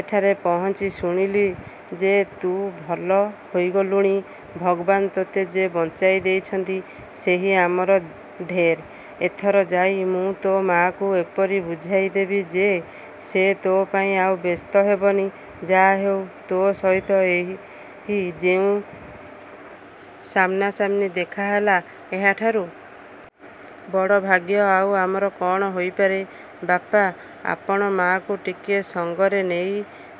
ଏଠାରେ ପହଞ୍ଚି ଶୁଣିଲି ଯେ ତୁ ଭଲ ହୋଇଗଲୁଣି। ଭଗବାନ ତୋତେ ଯେ ବଞ୍ଚାଇ ଦେଇଛନ୍ତି, ସେହି ଆମର ଢେର୍-। ଏଥର ଯାଇ ମୁଁ ତୋ' ମା'କୁ ଏପରି ବୁଝାଇ ଦେବି ଯେ ସେ ତୋ' ପାଇଁ ଆଉ ବ୍ୟସ୍ତ ହେବନି। ଯା' ହେଉ ତୋ ସହିତ ଏହି ଯେଉଁ ସାମନାସାମନି ଦେଖାହେଲା, ଏହାଠାରୁ। ବଡ଼ ଭାଗ୍ୟ ଆଉ ଆମର କ'ଣ ହୋଇପାରେ। '' ''ବାପା, ଆପଣ ମା'କୁ ଟିକିଏ ସଙ୍ଗରେ ନେଇ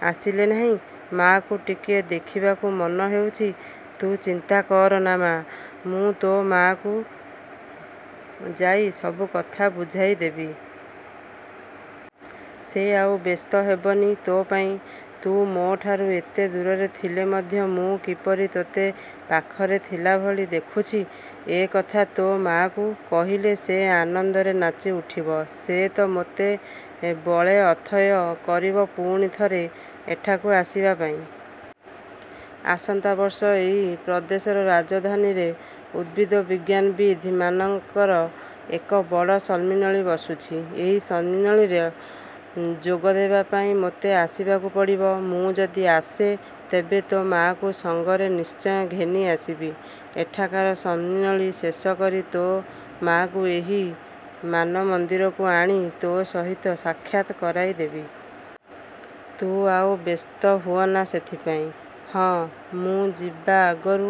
ଆସିଲେ ନାହିଁ? ମା'କୁ ଟିକିଏ ଦେଖିବାକୁ ମନ ହେଉଛି। '' ''ତୁ ଚିନ୍ତା କରନା ମା! ମୁଁ ତୋ ମା'କୁ ଯାଇ ସବୁ କଥା ବୁଝାଇ ଦେବି। ସେ ଆଉ ବ୍ୟସ୍ତ ହେବନି ତୋ ପାଇଁ। ତୁ ମୋ'ଠାରୁ ଏତେ ଦୂରରେ ଥିଲେ ମଧ୍ୟ ମୁଁ କିପରି ତୋତେ ପାଖରେ ଥିଲା ଭଳି ଦେଖୁଛି, ଏ କଥା ତୋ ମା'କୁ କହିଲେ ସେ ଆନନ୍ଦରେ ନାଚି ଉଠିବ। ସେ ତ ମୋତେ ବଳେ ଅଥୟ କରିବ ପୁଣି ଥରେ ଏଠାକୁ ଆସିବା ପାଇଁ। ଆସନ୍ତା ବର୍ଷ ଏହି ପ୍ରଦେଶର ରାଜଧାନୀରେ ଉଦ୍ଭିଦବିଜ୍ଞାନବିତ୍ ମାନଙ୍କର ଏକ ବଡ଼ ସମ୍ମିଳନୀ ବସୁଛି। ଏହି ସମ୍ମିଳନୀର ଯୋଗଦେବା ପାଇଁ ମୋତେ ଆସିବାକୁ ପଡ଼ିବ। ମୁଁ ଯଦି ଆସେ, ତେବେ ତୋ ମା'କୁ ସଙ୍ଗରେ ନିଶ୍ଚୟ ଘେନି ଆସିବି। ଏଠାକାର ସମ୍ମିଳନୀ ଶେଷ କରି ତୋ ମା'କୁ ଏହି ମାନମନ୍ଦିରକୁ ଆଣି ତୋ ସହିତ ସାକ୍ଷାତ୍ କରାଇଦେବି। ତୁ ଆଉ ବ୍ୟସ୍ତ ହୁଅନା ସେଥିପାଇଁ। ହଁ, ମୁଁ ଯିବାଆଗରୁ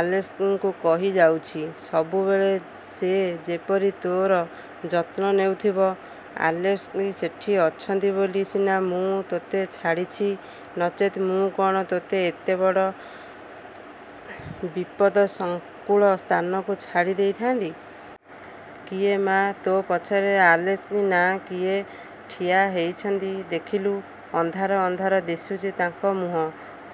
ଆଲେସ୍କିଙ୍କୁ କହିଯାଉଛି, ସବୁବେଳେ ସେ ଯେପରି ତୋର ଯତ୍ନ ନେଉଥିବ। ଆଲେସ୍କି ସେଠି ଅଛନ୍ତି ବୋଲି ସିନା ମୁଁ ତୋତେ ଛାଡ଼ିଛି; ନଚେତ୍ ମୁଁ କ'ଣ ତୋତେ ଏତେ ବଡ଼ ବିପଦସଂକୁଳ ସ୍ଥାନକୁ ଛାଡ଼ି ଦେଇଥାନ୍ତି। କିଏ ମା, ତୋ ପଛରେ ଆଲେସ୍କି ନା କିଏ ଠିଆ ହୋଇଛନ୍ତି ଦେଖିଲୁ। ଅନ୍ଧାର ଅନ୍ଧାର ଦିଶୁଛି ତାଙ୍କ ମୁହଁ।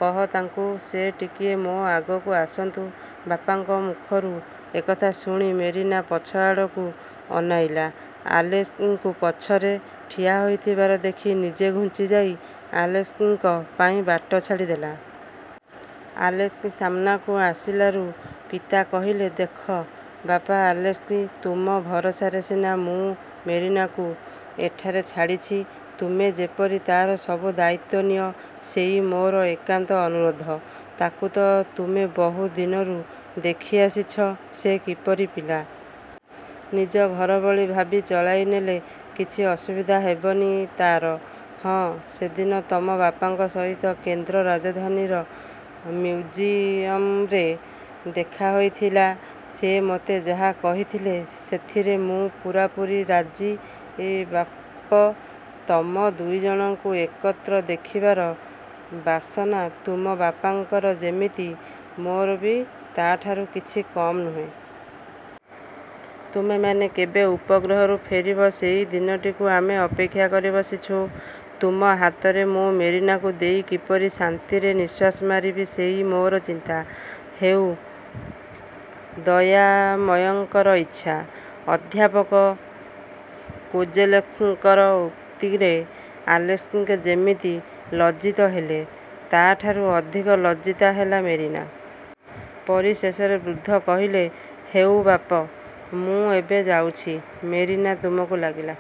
କହ ତାଙ୍କୁ, ସେ ଟିକିଏ ମୋ ଆଗକୁ ଆସନ୍ତୁ। '' ବାପାଙ୍କ ମୁଖରୁ ଏକଥା ଶୁଣି ମେରିନା ପଛଆଡ଼କୁ ଅନାଇଲା। ଆଲେସ୍କିଙ୍କୁ ପଛରେ ଠିଆହୋଇଥିବାର ଦେଖି ନିଜେ ଘୁଞ୍ଚିଯାଇ ଆଲେସ୍କିଙ୍କ ପାଇଁ ବାଟ ଛାଡ଼ିଦେଲା। ଆଲେସ୍କି ସାମନାକୁ ଆସିଲାରୁ ପିତା କହିଲେ, ''ଦେଖ ବାପା ଆଲେସ୍କି, ତୁମ ଭରସାରେ ସିନା ମୁଁ ମେରିନାକୁ ଏଠାରେ ଛାଡ଼ିଛି। ତୁମେ ଯେପରି ତାର ସବୁ ଦାୟିତ୍ୱ ନିଅ, ସେଇ ମୋର ଏକାନ୍ତ ଅନୁରୋଧ। ତାକୁ ତ ତୁମେ ବହୁ ଦିନରୁ ଦେଖିଆସିଛ, ସେ କିପରି ପିଲା। ନିଜ ଘର ଭଳି ଭାବି ଚଳାଇନେଲେ କିଛି ଅସୁବିଧା ହେବନି ତାର। ହଁ, ସେଦିନ ତମ ବାପାଙ୍କ ସହିତ କେନ୍ଦ୍ର ରାଜଧାନୀର ମିଉଜିଅମ୍ରେ ଦେଖାହୋଇଥିଲା। ସେ ମୋତେ ଯାହା କହିଥିଲେ, ସେଥିରେ ମୁଁ ପୂରାପୂରି ରାଜି ବାପ! ତମ ଦୁଇଜଣଙ୍କୁ ଏକତ୍ର ଦେଖିବାର ବାସନା ତୁମ ବାପାଙ୍କର ଯେତିକି, ମୋର ବି ତାଠାରୁ କିଛି କମ୍ ନୁହେଁ। ତୁମେମାନେ କେବେ ଉପଗ୍ରହରୁ ଫେରିବ ସେଇ ଦିନଟିକୁ ଆମେ ଅପେକ୍ଷା କରି ବସିଛୁଁ। ତୁମ ହାତରେ ମୁଁ ମେରିନାକୁ ଦେଇ କିପରି ଶାନ୍ତିରେ ନିଃଶ୍ୱାସ ମାରିବି ସେଇ ମୋର ଚିନ୍ତା। ହେଉ, ଦୟାମୟଙ୍କର ଇଚ୍ଛା। '' ଅଧ୍ୟାପକ କୋଜେଲେସ୍କିଙ୍କର ଉକ୍ତିରେ ଆଲେସ୍କି ଯେତିକି ଲଜ୍ଜିତ ହେଲେ, ତାଠାରୁ ଅଧିକ ଲଜ୍ଜିତା ହେଲା ମେରିନା। ପରିଶେଷରେ ବୃଦ୍ଧ କହିଲେ, ''ହେଉ ବାପ, ମୁଁ ଏବେ ଯାଉଛି। ମେରିନା ତୁମକୁ ଲାଗିଲା।